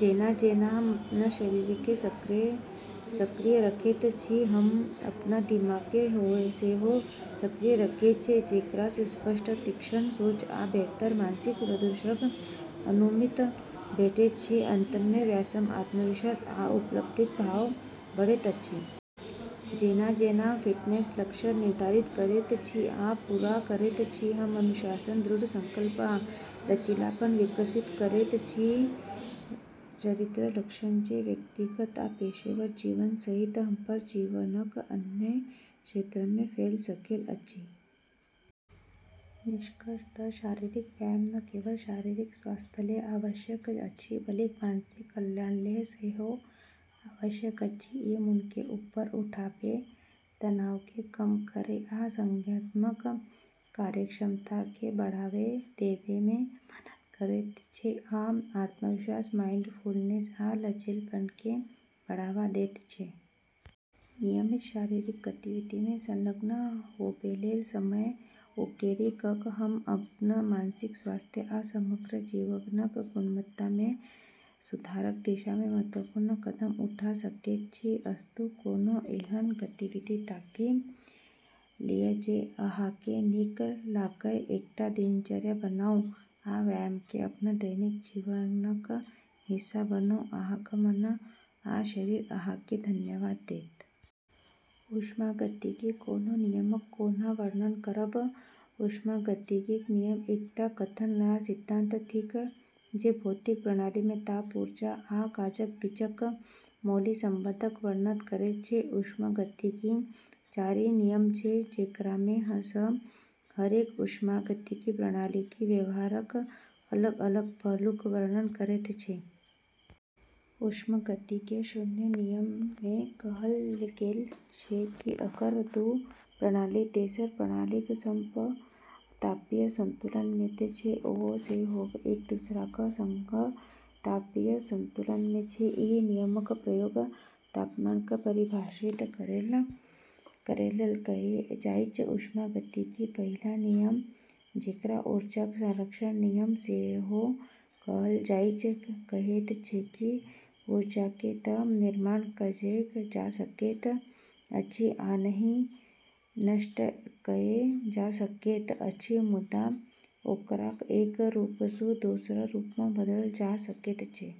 जेना-जेना हम अपन शरीरकेँ सक्रिय रखैत छी, हम अपन दिमागकेँ सेहो सक्रिय रखैत छी, जेकरासँ स्पष्ट, तीक्ष्ण सोच आ बेहतर मानसिक प्रदर्शनक अनुमति भेटैत छै। अंतमे व्यायामसँ आत्मविश्वास आ उपलब्धिक भाव बढ़ैत अछि। जेना-जेना हम फिटनेस लक्ष्य निर्धारित करैत छी आ पूरा करैत छी, हम अनुशासन, दृढ़ संकल्प आ लचीलापन विकसित करैत छी-चरित्र लक्षण जे व्यक्तिगत आ पेशेवर जीवन सहित हमर जीवनक अन्य क्षेत्रमे फैल सकैत अछि। निष्कर्षतः शारीरिक व्यायाम न केवल शारीरिक स्वास्थ्यलेल आवश्यक अछि, बल्कि मानसिक कल्याणलेल सेहो आवश्यक अछि। ई मूडकेँ ऊपर उठाबै, तनावकेँ कम करै, आ संज्ञानात्मक कार्यक्षमताकेँ बढ़ावा देबैमे मदद करैत छै, आ आत्मविश्वास, माइंडफुलनेस आ लचीलापनकेँ बढ़ावा दैत छै। नियमित शारीरिक गतिविधिमे संलग्न होबैलेल समय उकेरि कऽ हम अपन मानसिक स्वास्थ्य आ समग्र जीवनक गुणवत्तामे सुधारक दिशामे महत्वपूर्ण कदम उठा सकैत छी। अस्तु, कोनो एहन गतिविधि ताकि लिअ जे अहाँकेँ नीक लागय, एकटा दिनचर्या बनाउ, आ व्यायामकेँ अपन दैनिक जीवनक हिस्सा बनाउ - अहाँक मन आ शरीर अहाँकेँ धन्यवाद देत! ऊष्मागतिकीक कोनो नियमक कोना वर्णन करब? ऊष्मागतिकीक नियम एकटा कथन या सिद्धांत थिक जे भौतिक प्रणालीमे ताप, ऊर्जा आ काजक बीचक मौलिक संबंधक वर्णन करैत छै। ऊष्मागतिकीक चारि नियम छै, जेकरामे सँ हर एक ऊष्मागतिकी प्रणालीक व्यवहारक अलग-अलग पहलूक वर्णन करैत छै। ऊष्मागतिकीक शून्य नियममे कहल गेल छै कि अगर दू प्रणाली तेसर प्रणालीक संग तापीय संतुलनमे छै तँ ओ सेहो एक-दूसराक संग तापीय संतुलनमे छै। ई नियमक प्रयोग तापमानकेँ परिभाषित करैलेल कएल जाइछ। ऊष्मागतिकीक पहिल नियम, जेकरा ऊर्जाक संरक्षणक नियम सेहो कहल जाइछ, कहैत छै कि ऊर्जाकेँ न तँ निर्माण कएल जा सकैत अछि आ न ही नष्ट कएल जा सकैत अछि, मुदा ओकरा एक रूपसँ दोसर रूपमे बदलल जा सकैत अछि।